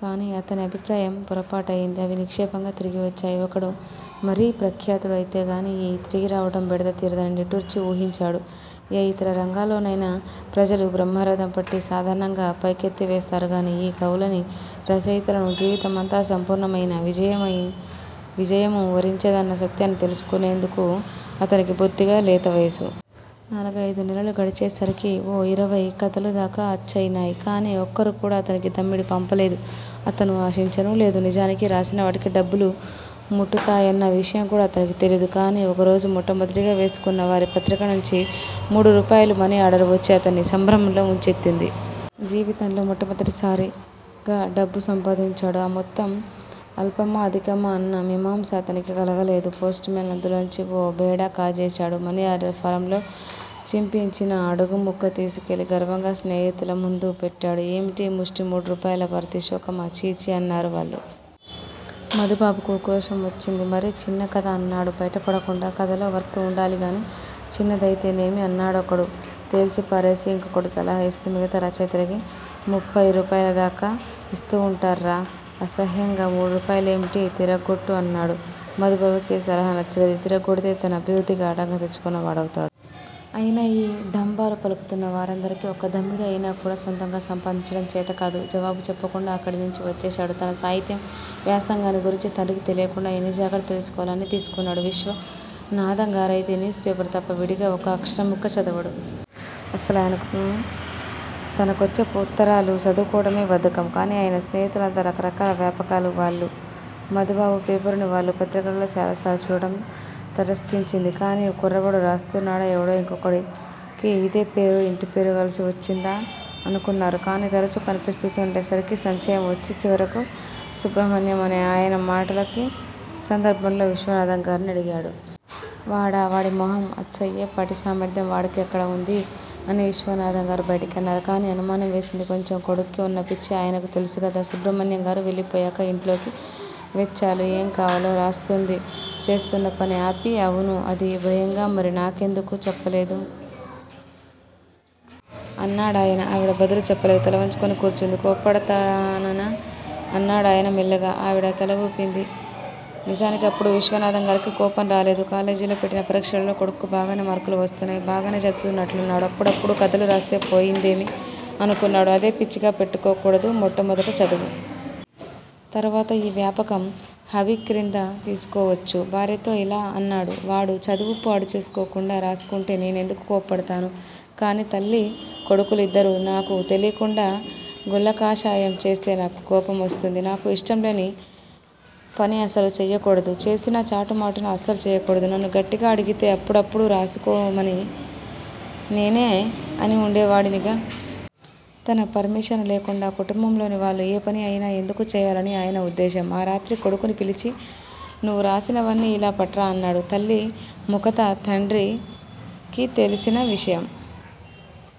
కాని అతని అభిప్రాయం పొరపాటయింది. అవి నిక్షేపంగా తిరగివచ్చాయి. ఒకడు మరీ ప్రఖ్యాతుడు అయితేగాని ఈ తిరిగిరావటం బెడద తీరదని నిట్టూర్చి వూహించాడు. ఏ ఇతర రంగాల్లోనయినా ప్రజలు బ్రహ్మరథం పట్టి సాధారణంగా పైకెత్తివేస్తారుగానీ ఈ కవులనీ, రచయితలనూ జీవితమంతా సంపూర్ణమయిన విజయము వరించదన్న సత్యాన్ని తెలుసుకునేందుకు అతనికి బొత్తిగా లేతవయసు. నాలుగయిదు నెలలు గడిచేసరికి ఓ యిరవై కథలుదాకా అచ్చయినాయి. కానీ ఒక్కరుకూడా అతనికి దమ్మిడీ పంపలేదు. అతను ఆశించనూలేదు. నిజానికి రాసినవాటికి డబ్బులు ముట్టుతాయన్న విషయంకూడా అతనికి తెలియదు. కాని ఒకరోజు మొట్టమొదటిగా వేసుకున్న వారి పత్రికనుంచి మూడురూపాయలు మనిఆర్డర్ వచ్చి అతన్ని సంభ్రమంలో ముంచెత్తింది. జీవితంలో మొట్టమొదటిసారిగా డబ్బు సంపాదించాడు. ఆ మొత్తం అల్పమా అధికమా అన్న మీమాంస అతనికి కలగలేదు. పోస్టుమేన్ అందులోనే ఓ బేడా కాజేశాడు. మనిఆర్దర్ ఫారంలో చింపియిచ్చిన అడుగుముక్క తీసుకువెళ్లి గర్వంగా స్నేహితులముందు పెట్టాడు. ఏమిటి? ముష్టి మూడు రూపాయల పారితోషికమా? ఛీఛీ అన్నారు వాళ్లు. మధుబాబుకు ఉక్రోషం వచ్చింది. మరి చిన్నకథ అన్నాడు బయటపడకుండా. కథలో వర్త్ వుండాలిగానీ చిన్నదయితేనేమి? అన్నాడొకడు తేల్చిపారేసి. ఇంకొకడు సలహా ఇస్తూ మిగతా రచయితలకి ముప్ఫయి రూపాయిలదాకా యిస్తూ వుంటార్రా. అసహ్యంగా మూడురూపాయలేమిటి? తిరగగొట్టు' అన్నాడు. మధుబాబుకి ఈ సలహా నచ్చలేదు. ఇది తిరగగొడితే తన అభివృద్ధికి ఆటంకం తెచ్చుకున్న వాడవుతాడు. అయినా ఈ డంబాలు పలుకుతున్న వారందరికీ ఒక్క దమ్మిడీ అయినాకూడా సొంతంగా సంపాదించటం చేతకాదు. జవాబు చెప్పకుండా అక్కడినుంచి వచ్చేశాడు. తన సాహిత్య వ్యాసంగాన్ని గురించి తండ్రికి తెలియకుండా ఎన్ని జాగ్రత్తలు తీసుకోవాలో అన్నీ తీసుకున్నాడు. విశ్వనాథంగారయితే న్యూస్ పేపర్ తప్ప విడిగా ఒక్క అక్షరంముక్క చదవడు. అసలాయనకు తనకొచ్చే వుత్తరాలు చదువుకోవటమే బద్ధకం. కాని ఆయన స్నేహితులంతా రకరకాల వ్యాపకాల వాళ్లు. మధుబాబు పేరుని వాళ్లు పత్రికలలో చాలాసార్లు చూడటం తటస్థించింది. కాని ఈ కుర్రవాడు రాస్తున్నాడా? ఎవడో ఇంకొకడికి ఇదే పేరూ, ఇంటిపేరూ కలిసి వచ్చింది అనుకున్నారు. కాని తరచు కనిపిస్తుండేసరికి సంశయం వచ్చి, చివరకు సుబ్రహ్మణ్యం అనే ఆయన మాటల సందర్భంలో విశ్వనాథంగారిని అడిగాడు. వాడా! వాడి మొహం. అచ్చయే పాటి సామర్థ్యం వాడికెక్కడ వుంది? అని విశ్వనాథంగారు బయటికి అన్నారు. కాని అనుమానం వేసింది కొంచెం. కొడుక్కి వున్న పిచ్చి ఆయనకు తెలుసుగదా. సుబ్రహ్మణ్యంగారు వెళ్ళిపోయాక ఇంట్లోకి వెచ్చాలు ఏంకావాలో రాస్తోంది. చేస్తున్నపని ఆపి అవును అంది భయంగా. మరి నాకెందుకు చెప్పలేదు? అన్నాడాయన. ఆవిడ బదులు చెప్పలేదు. తలవంచుకుని కూర్చుంది. కోప్పడతాననా అన్నాడాయన మెల్లగా. ఆవిడ తలవూపింది. నిజానికిప్పుడు విశ్వనాథంగారికి కోపంరాలేదు. కాలేజీలో పెట్టిన పరీక్షలలో కొడుక్కి బాగానే మార్కులు వస్తున్నాయి. బాగానే చదువుతున్నట్లున్నాడు. అప్పుడప్పుడూ కథలు రాస్తే పోయిందేమి? అనుకున్నాడు. అదే పిచ్చిగా పెట్టుకోకూడదు. మొట్టమొదట చదువు. తరువాత యీ వ్యాపకం. హాబీక్రింద తీసుకోవచ్చు. భార్యతో యిలా అన్నాడు. వాడు చదువు పాడుచేసుకోకుండా రాసుకుంటే నేనెందుకు కోప్పడతాను? కాని తల్లీ కొడుకులిద్దరూ నాకు తెలీకుండా గుళ్ళకాషాయం చేస్తే నాకు కోపంవస్తుంది. నాకు ఇష్టంలేని పని అసలు చెయ్యకూడదు. చేసినా చాటుమాటున అసలు చెయ్యకూడదు. నన్ను గట్టిగా అడిగితే అప్పుడప్పుడూ రాసుకొనమని నేనే అని వుండేవాడినిగా. తన పర్మిషను లేకుండా కుటుంబంలోని వాళ్ళు ఏ పని అయినా ఎందుకు చెయ్యాలని ఆయన ఉద్దేశం. ఆ రాత్రి కొడుకుని పిలిచి నువ్వు రాసినవన్నీ ఇలా పట్రా అన్నాడు. తల్లిముఖతః తండ్రికి తెలిసిన విషయం